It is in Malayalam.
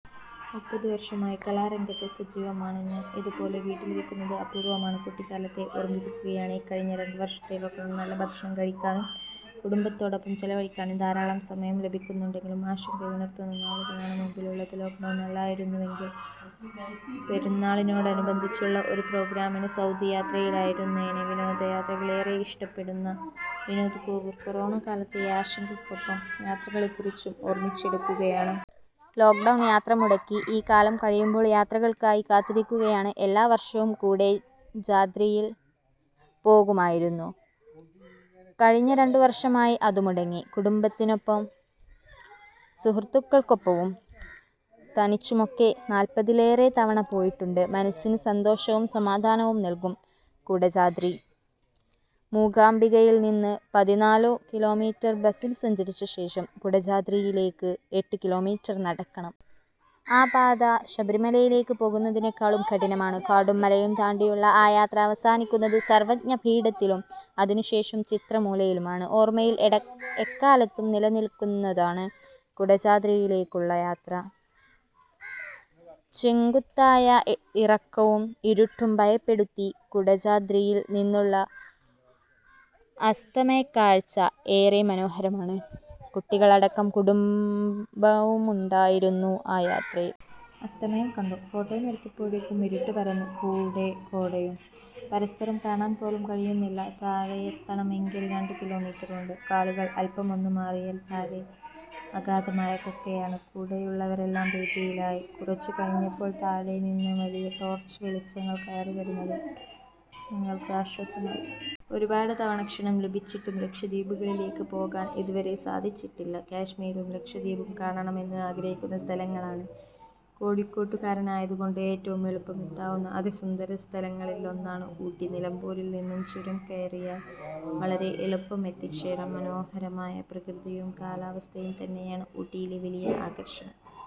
മുപ്പതു വർഷമായി കലാരംഗത്ത് സജീവമാണ് ഞാൻ. ഇതുപോലെ വീട്ടിലിരിക്കുന്നത് അപൂർവമാണ്. കുട്ടിക്കാലത്തെ ഓർമിപ്പിക്കുകയാണ് ഇക്കഴിഞ്ഞ രണ്ടു വർഷത്തെ ലോക്ഡൗൺ. നല്ല ഭക്ഷണം കഴിക്കാനും കുടുംബത്തോടൊപ്പം ചെലവഴിക്കാനും ധാരാളം സമയം ലഭിക്കുന്നുണ്ടെങ്കിലും ആശങ്കയുണർത്തുന്ന നാളുകളാണ് മുമ്പിലുള്ളത്. ലോക്ഡൗൺ അല്ലായിരുന്നുവെങ്കിൽ പെരുന്നാളിനോടനുബന്ധിച്ചുള്ള ഒരു പ്രോഗ്രാമിനായി സൗദി യാത്രയിലായിരുന്നേനേ. വിനോദയാത്രകളെ ഏറെ ഇഷ്ടപ്പെടുന്ന വിനോദ് കോവൂർ കൊറോണക്കാലത്തെ ആശങ്കയ്ക്കൊപ്പം യാത്രകളെക്കുറിച്ചും ഓർമിച്ചെടുക്കുകയാണ്. ലോക്ഡൗൺ യാത്ര മുടക്കി. ഈ കാലം കഴിയുമ്പോൾ യാത്രകൾക്കായി കാത്തിരിക്കുകയാണ്. എല്ലാ വർഷവും കുടജാദ്രിയിൽ പോകുമായിരുന്നു. കഴിഞ്ഞ രണ്ടു വർഷമായി അതു മുടങ്ങി. കുടുംബത്തിനൊപ്പവും സുഹൃത്തുക്കൾക്കൊപ്പവും തനിച്ചുമൊക്കെ നാൽപതിലേറെ തവണ പോയിട്ടുണ്ട്. മനസ്സിനു സന്തോഷവും സമാധാനവും നൽകും കുടജാദ്രി. മൂകാംബികയിൽനിന്ന് പതിനാലു കിലോമീറ്റർ ബസിൽ സഞ്ചരിച്ച ശേഷം കുടജാദ്രിയിലേക്ക് എട്ടു കിലോമീറ്റർ നടക്കണം. ആ പാത ശബരിമലയിലേക്ക് പോകുന്നതിനേക്കാളും കഠിനമാണ്. കാടും മലയും താണ്ടിയുള്ള ആ യാത്ര അവസാനിക്കുന്നത് സർവജ്ഞ പീഠത്തിലും അതിനുശേഷം ചിത്രമൂലയിലുമാണ്. ഓർമയിൽ എക്കാലത്തും നിൽക്കുന്നതാണ് കുടജാദ്രിയിലേക്കുള്ള ആ യാത്ര. ചെങ്കുത്തായ ഇറക്കവും ഇരുട്ടും ഭയപ്പെടുത്തി. കുടജാദ്രിയിൽ നിന്നുള്ള അസ്തമയക്കാഴ്ച ഏറെ മനോഹരമാണ്. കുട്ടികളടക്കം കുടുംബവുമുണ്ടായിരുന്നു ആ യാത്രയിൽ. അസ്തമയം കണ്ടു, ഫോട്ടോയും എടുത്തപ്പോഴേക്കും ഇരുട്ട് പരന്നു, കൂടെ കോടയും. പരസ്പരം കാണാൻ പോലും കഴിയുന്നില്ല. താഴെയെത്തണമെങ്കിൽ രണ്ടു കിലോമീറ്ററുണ്ട്. കാലുകൾ അൽപമൊന്നു മാറിയാൽ താഴെ അഗാധമായ കൊക്കയാണ്. കൂടെയുള്ളവരെല്ലാം ഭീതിയിലായി. കുറച്ചു കഴിഞ്ഞപ്പോൾ താഴെനിന്നു വലിയ ടോർച്ച് വെളിച്ചങ്ങൾ കയറി വരുന്നതു കണ്ടു. ഞങ്ങൾക്ക് ആശ്വാസമായി. ഒരുപാട് തവണ ക്ഷണം ലഭിച്ചിട്ടും ലക്ഷദ്വീപുകളിലേക്ക് പോകാൻ ഇതുവരെ സാധിച്ചിട്ടില്ല. കശ്മീരും ലക്ഷദ്വീപും കാണണമെന്ന് ആഗ്രഹിക്കുന്ന സ്ഥലങ്ങളാണ്. കോഴിക്കോട്ടുകാരനായതുകൊണ്ട് ഏറ്റവും എളുപ്പം എത്താവുന്ന അതിസുന്ദര സ്ഥലങ്ങളിൽ ഒന്നാണ് ഊട്ടി. നിലമ്പൂരിൽനിന്നു ചുരം കയറിയാൽ വളരെ എളുപ്പം എത്തിച്ചേരാം. മനോഹരമായ പ്രകൃതിയും കാലാവസ്ഥയും തന്നെയാണ് ഊട്ടിയിലെ വലിയ ആകർഷണം.